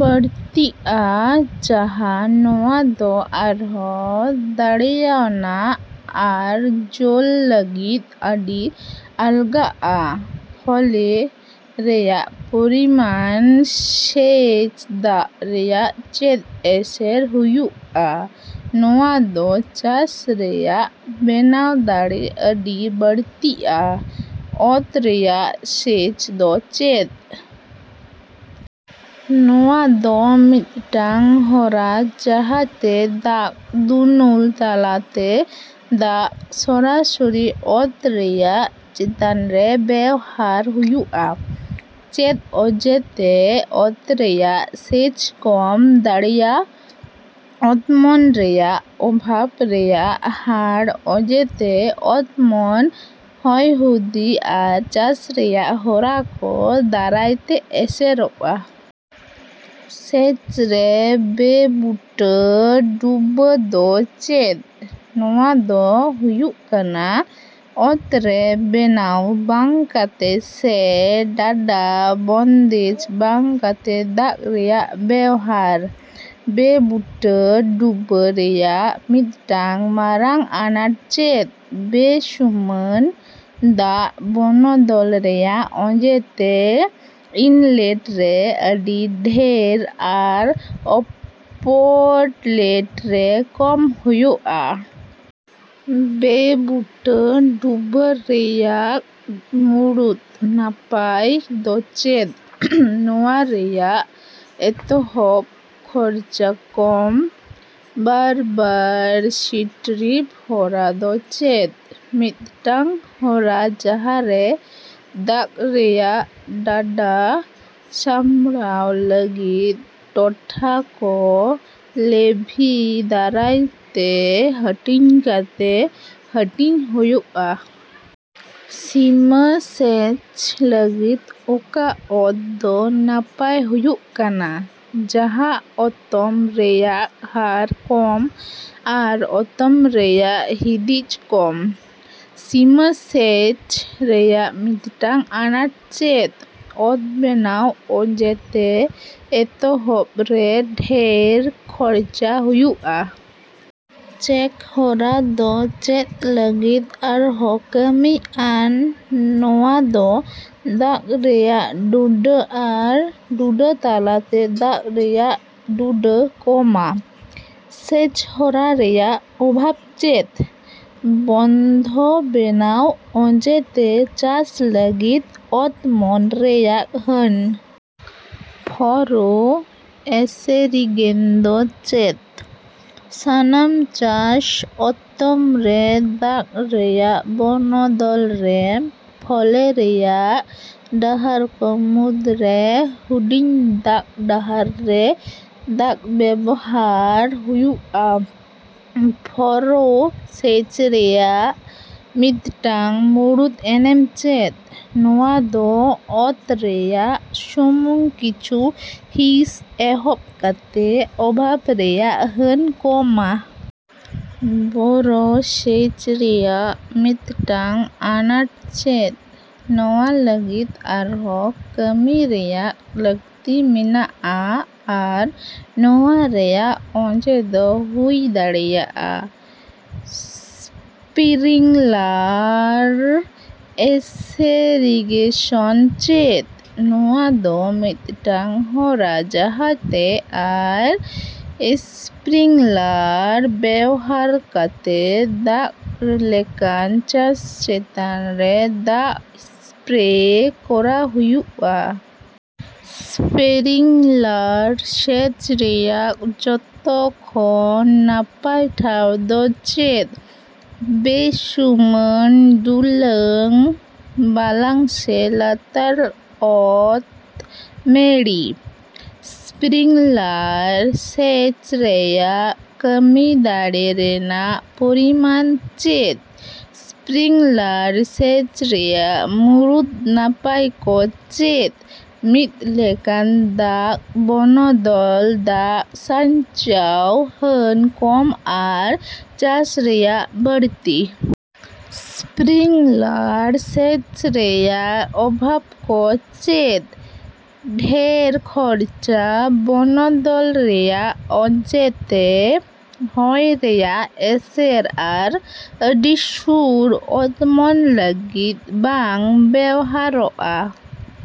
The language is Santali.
ᱵᱟᱹᱲᱛᱤᱜᱼᱟ, ᱡᱟᱦᱟᱸ ᱱᱚᱶᱟ ᱫᱚ ᱟᱨᱦᱚᱸ ᱫᱟᱲᱮᱹᱣᱟᱱᱟᱜ ᱟᱨ ᱡᱳᱞ ᱞᱟᱹᱜᱤᱫ ᱟᱹᱰᱤ ᱟᱞᱜᱟᱜᱼᱟ᱾ ᱯᱷᱚᱞᱮ ᱨᱮᱭᱟᱜ ᱯᱚᱨᱤᱢᱟᱱ ᱥᱮᱪ ᱫᱟᱜ ᱨᱮᱭᱟᱜ ᱪᱮᱫ ᱮᱥᱮᱨ ᱦᱩᱭᱩᱜᱼᱟ? ᱱᱚᱶᱟ ᱫᱚ ᱪᱟᱥ ᱨᱮᱭᱟᱜ ᱵᱮᱱᱟᱣ ᱫᱟᱲᱮ ᱟᱹᱰᱤ ᱵᱟᱹᱲᱛᱤᱜᱼᱟ᱾ ᱚᱛ ᱨᱮᱭᱟᱜ ᱥᱮᱪ ᱫᱚ ᱪᱮᱫ? ᱱᱚᱶᱟ ᱫᱚ ᱢᱤᱫᱴᱟᱝ ᱦᱚᱨᱟ ᱡᱟᱦᱟᱸᱛᱮ ᱫᱟᱜ ᱫᱩᱱᱩᱞ ᱛᱟᱞᱟᱛᱮ ᱫᱟᱜ ᱥᱚᱨᱟᱥᱚᱨᱤ ᱚᱛ ᱨᱮᱭᱟᱜ ᱪᱮᱛᱟᱱ ᱨᱮ ᱵᱮᱣᱦᱟᱨ ᱦᱩᱭᱩᱜᱼᱟ᱾ ᱪᱮᱫ ᱚᱡᱮ ᱛᱮ ᱚᱛ ᱨᱮᱭᱟᱜ ᱥᱮᱪ ᱠᱚᱢ ᱫᱟᱲᱮᱹᱣᱟ? ᱚᱛᱢᱚᱱ ᱨᱮᱭᱟᱜ ᱚᱵᱷᱟᱵᱽ ᱨᱮᱭᱟᱜ ᱦᱟᱨ ᱚᱡᱮᱛᱮ ᱚᱛᱢᱚᱱ, ᱦᱚᱭᱦᱩᱫᱤ ᱟᱨ ᱪᱟᱥ ᱨᱮᱭᱟᱜ ᱦᱚᱨᱟ ᱠᱚ ᱫᱟᱨᱟᱭ ᱛᱮ ᱮᱥᱮᱨᱚᱜᱼᱟ᱾ ᱥᱮᱪ ᱨᱮ ᱵᱮᱼᱵᱩᱴᱟᱹ ᱰᱩᱵᱟᱹ ᱫᱚ ᱪᱮᱫ? ᱱᱚᱶᱟ ᱫᱚ ᱦᱩᱭᱩᱜ ᱠᱟᱱᱟ ᱚᱛ ᱨᱮ ᱵᱮᱱᱟᱣ ᱵᱟᱝ ᱠᱟᱛᱮ ᱥᱮ ᱰᱟᱰᱟ. ᱵᱚᱱᱫᱮᱡ ᱵᱟᱝ ᱠᱟᱛᱮ ᱫᱟᱜ ᱨᱮᱭᱟᱜ ᱵᱮᱣᱦᱟᱨ᱾ ᱵᱮᱼᱵᱩᱴᱟᱹ ᱰᱩᱵᱟᱹ ᱨᱮᱭᱟᱜ ᱢᱤᱫᱴᱟᱝ ᱢᱟᱨᱟᱝ ᱟᱱᱟᱴ ᱪᱮᱫ? ᱵᱮᱼᱥᱩᱢᱟᱹᱱ ᱫᱟᱜ ᱵᱚᱱᱚᱫᱚᱞ ᱨᱮᱭᱟᱜ ᱚᱡᱮ ᱛᱮ ᱤᱱᱞᱮᱴ ᱨᱮ ᱟᱹᱰᱤ ᱰᱷᱮᱨ ᱟᱨ ᱚᱯᱳᱴᱞᱮᱴ ᱨᱮ ᱠᱚᱢ ᱦᱳᱭᱳᱜᱼᱟ᱾ ᱵᱮᱼᱵᱩᱴᱟᱹ ᱰᱩᱵᱟᱹ ᱨᱮᱭᱟᱜ ᱢᱩᱲᱩᱫ ᱱᱟᱯᱟᱭ ᱫᱚ ᱪᱮᱫ? ᱱᱚᱶᱟ ᱨᱮᱭᱟᱜ ᱮᱛᱚᱦᱚᱵ ᱠᱷᱚᱨᱪᱟ ᱠᱚᱢ᱾ ᱵᱟᱨ ᱵᱟᱨ ᱥᱤᱴᱨᱤᱯ ᱦᱚᱨᱟ ᱫᱚ ᱪᱮᱫ? ᱢᱤᱫᱴᱟᱝ ᱦᱚᱨᱟ ᱡᱟᱦᱟᱸ ᱨᱮ ᱫᱟᱜ ᱨᱮᱭᱟᱜ ᱰᱟᱰᱟ. ᱥᱟᱢᱲᱟᱣ ᱞᱟᱹᱜᱤᱫ ᱴᱚᱴᱷᱟ ᱠᱚ ᱞᱮᱵᱷᱤ ᱫᱟᱨᱟᱭ ᱛᱮ ᱦᱟᱹᱴᱤᱧ ᱠᱟᱛᱮ ᱦᱟᱹᱴᱤᱧ ᱦᱳᱭᱳᱜᱼᱟ᱾ ᱥᱤᱢᱟᱹ ᱥᱮᱪ ᱞᱟᱹᱜᱤᱫ ᱚᱠᱟ ᱚᱛ ᱫᱚ ᱱᱟᱯᱟᱭ ᱦᱩᱭᱩᱜ ᱠᱟᱱᱟ? ᱡᱟᱦᱟᱸ ᱚᱛᱚᱢ ᱨᱮᱭᱟᱜ ᱦᱟᱨ ᱠᱚᱢ ᱟᱨ ᱚᱛᱚᱢ ᱨᱮᱭᱟᱜ ᱦᱤᱫᱤᱡ ᱠᱚᱢ᱾ ᱥᱤᱢᱟᱹ ᱥᱮᱪ ᱨᱮᱭᱟᱜ ᱢᱤᱫᱴᱟᱝ ᱟᱱᱟᱴ ᱪᱮᱫ? ᱚᱛ ᱵᱮᱱᱟᱣ ᱚᱡᱮ ᱛᱮ ᱮᱛᱚᱦᱚᱵ ᱨᱮ ᱰᱷᱮᱨ ᱠᱷᱚᱨᱪᱟ ᱦᱩᱭᱩᱜᱼᱟ᱾ ᱪᱮᱠ ᱦᱚᱨᱟ ᱫᱚ ᱪᱮᱫ ᱞᱟᱹᱜᱤᱫ ᱟᱨᱦᱚᱸ ᱠᱟᱹᱢᱤ ᱟᱱ? ᱱᱚᱶᱟ ᱫᱚ ᱫᱟᱜ ᱨᱮᱭᱟᱜ ᱰᱩᱰᱟ. ᱟᱨ ᱰᱩᱰᱟ. ᱛᱟᱞᱟᱛᱮ ᱫᱟᱜ ᱨᱮᱭᱟᱜ ᱰᱩᱰᱟ. ᱠᱚᱢᱼᱟ᱾ ᱥᱮᱪ ᱦᱚᱨᱟ ᱨᱮᱭᱟᱜ ᱚᱵᱷᱟᱵᱽ ᱪᱮᱫ? ᱵᱚᱱᱫᱷᱚ ᱵᱮᱱᱟᱣ ᱚᱡᱮ ᱛᱮ ᱪᱟᱥ ᱞᱟᱹᱜᱤᱫ ᱚᱛᱢᱚᱱ ᱨᱮᱭᱟᱜ ᱦᱟᱹᱱ᱾ ᱯᱷᱚᱨᱳ ᱮᱥᱮᱨᱤᱜᱮᱱ ᱫᱚ ᱪᱮᱫ? ᱥᱟᱱᱟᱢ ᱪᱟᱥ ᱚᱛᱚᱢ ᱨᱮ ᱫᱟᱜ ᱨᱮᱭᱟᱜ ᱵᱚᱱᱚᱫᱚᱞ ᱨᱮ ᱯᱷᱚᱞᱮ ᱨᱮᱭᱟᱜ ᱰᱟᱦᱟᱨ ᱠᱚ ᱢᱩᱫ ᱨᱮ ᱦᱩᱰᱤᱧ ᱫᱟᱜ ᱰᱟᱦᱟᱨ ᱨᱮ ᱫᱟᱜ ᱵᱮᱣᱦᱟᱨ ᱦᱩᱭᱩᱜᱼᱟ᱾ ᱯᱷᱚᱨᱳ ᱥᱮᱪ ᱨᱮᱭᱟᱜ ᱢᱤᱫᱴᱟᱝ ᱢᱩᱲᱩᱫ ᱮᱱᱮᱢ ᱪᱮᱫ? ᱱᱚᱶᱟ ᱫᱚ ᱚᱛ ᱨᱮᱭᱟᱜ ᱥᱩᱢᱩᱝ ᱠᱤᱪᱷᱩ ᱦᱤᱸᱥ ᱮᱦᱚᱵ ᱠᱟᱛᱮ ᱚᱵᱷᱟᱵᱽ ᱨᱮᱭᱟᱜ ᱦᱟᱹᱱ ᱠᱚᱢᱼᱟ᱾ ᱵᱳᱨᱳ ᱥᱮᱪ ᱨᱮᱭᱟᱜ ᱢᱤᱫᱴᱟᱝ ᱟᱱᱟᱴ ᱪᱮᱫ? ᱱᱚᱶᱟ ᱞᱟᱹᱜᱤᱫ ᱟᱨᱦᱚᱸ ᱠᱟᱹᱢᱤ ᱨᱮᱭᱟᱜ ᱞᱟᱹᱠᱛᱤ ᱢᱮᱱᱟᱜᱼᱟ ᱟᱨ ᱱᱚᱶᱟ ᱨᱮᱭᱟᱜ ᱚᱡᱮ ᱫᱚ ᱦᱩᱭ ᱫᱟᱲᱮᱭᱟᱜᱼᱟ ᱾ ᱥᱯᱨᱤᱝᱞᱟᱨ ᱮᱥᱮᱨᱤᱜᱮᱥᱚᱱ ᱪᱮᱫ? ᱱᱚᱶᱟ ᱫᱚ ᱢᱤᱫᱴᱟᱝ ᱦᱚᱨᱟ ᱡᱟᱦᱟᱸᱛᱮ ᱟᱨ ᱮᱥᱯᱨᱤᱝᱞᱟᱨ ᱵᱮᱣᱦᱟᱨ ᱠᱟᱛᱮ ᱫᱟᱜ ᱞᱮᱠᱟᱱ ᱪᱟᱥ ᱪᱮᱛᱟᱱ ᱨᱮ ᱫᱟᱜ ᱮᱥᱯᱨᱮ ᱠᱚᱨᱟᱣ ᱦᱩᱭᱩᱜᱼᱟ᱾ ᱥᱯᱨᱤᱝᱞᱟᱨ ᱥᱮᱪ ᱨᱮᱭᱟᱜ ᱡᱚᱛᱚ ᱠᱷᱚᱱ ᱱᱟᱯᱟᱭ ᱴᱷᱟᱶ ᱫᱚ ᱪᱮᱫ? ᱵᱮᱼᱥᱩᱢᱟᱹᱱ, ᱰᱩᱞᱟᱝ, ᱵᱟᱞᱟᱝ ᱥᱮ ᱞᱟᱛᱟᱨ ᱚᱛ ᱢᱮᱲᱤ᱾ ᱥᱯᱨᱤᱝᱞᱟᱨ ᱥᱮᱪ ᱨᱮᱭᱟᱜ ᱠᱟᱹᱢᱤ ᱫᱟᱲᱮ ᱨᱮᱱᱟᱜ ᱯᱚᱨᱤᱢᱟᱱ ᱪᱮᱫ? ᱥᱯᱨᱤᱝᱞᱟᱨ ᱥᱮᱪ ᱨᱮᱭᱟᱜ ᱢᱩᱲᱩᱫ ᱱᱟᱯᱟᱭ ᱠᱚ ᱪᱮᱫ? ᱢᱤᱫ ᱞᱮᱠᱟᱱ ᱫᱟᱜ ᱵᱚᱱᱚᱫᱚᱞ, ᱫᱟᱜ ᱥᱟᱧᱪᱟᱣ, ᱦᱟᱹᱱ ᱠᱚᱢ ᱟᱨ ᱪᱟᱥ ᱨᱮᱭᱟᱜ ᱵᱟᱹᱲᱛᱤ᱾ ᱥᱯᱨᱤᱝᱞᱟᱨ ᱥᱮᱪ ᱨᱮᱭᱟᱜ ᱚᱵᱷᱟᱵᱽ ᱠᱚ ᱪᱮᱫ? ᱰᱷᱮᱨ ᱠᱷᱚᱨᱪᱟ, ᱵᱚᱱᱚᱫᱚᱞ ᱨᱮᱭᱟᱜ ᱚᱡᱮᱛᱮ, ᱦᱚᱭ ᱨᱮᱭᱟᱜ ᱮᱥᱮᱨ ᱟᱨ ᱟᱹᱰᱤ ᱥᱩᱨ ᱚᱛᱢᱚᱱ ᱞᱟᱹᱜᱤᱫ ᱵᱟᱝ ᱵᱮᱣᱦᱟᱨᱚᱜᱼᱟ᱾